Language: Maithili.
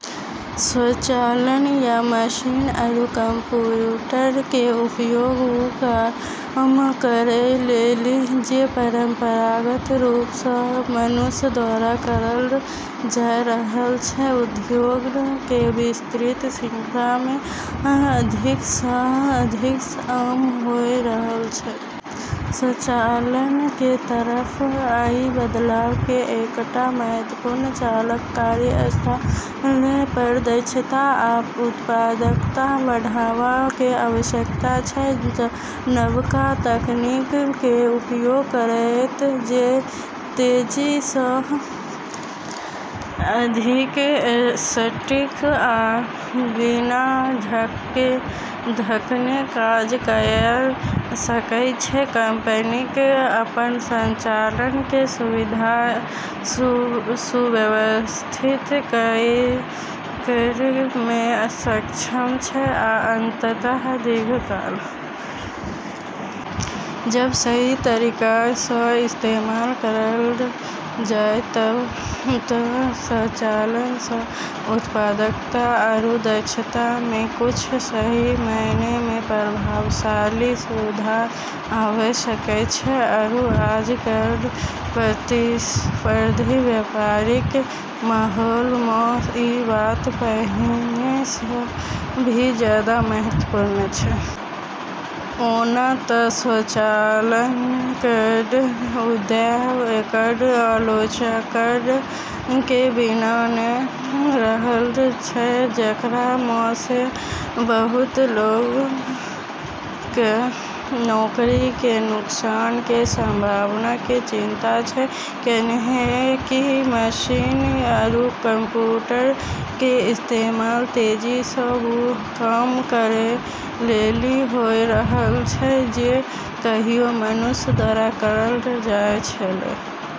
स्वचालन, या मशीन आरू कंप्यूटर के उपयोग वू काम करै लेली जे परंपरागत रूप स॑ मनुष्य द्वारा करलऽ जाय रहलऽ छै, उद्योगऽ के विस्तृत श्रृंखला म॑ अधिक स॑ अधिक आम होय रहलऽ छै। स्वचालन कें तरफ अइ बदलाव कें एकटा महत्वपूर्ण चालक कार्यस्थल पर दक्षता आ उत्पादकता बढ़ावा कें आवश्यकता छै. नबका तकनीक कें उपयोग करयत जे तेजी सं, अधिक सटीक आ बिना थकने काज कयर सकय छै, कंपनीक अपन संचालन कें सुव्यवस्थित करय मे सक्षम छै आ अंततः दीर्घकाल मे पैसा बचा सकय छै. "जब॑ सही तरीका स॑ इस्तेमाल करलऽ जाय त॑ स्वचालन स॑ उत्पादकता आरू दक्षता म॑ कुछ सही मायने म॑ प्रभावशाली सुधार आबी सकै छै। आरू आज केरऽ प्रतिस्पर्धी व्यापारिक माहौल म॑ ई बात पहिने स॑ भी जादा महत्वपूर्ण छै। ओना त स्वचालन केरऽ उदय एकरऽ आलोचकऽ के बिना नै रहलऽ छै, जेकरा म॑ स॑ बहुत लोगऽ क॑ नौकरी के नुकसान के संभावना के चिंता छै, कैन्हेंकि मशीन आरू कंप्यूटर के इस्तेमाल तेजी स॑ वू काम करै लेली होय रहलऽ छै जे कहियो मनुष्य द्वारा करलऽ जाय छेलै।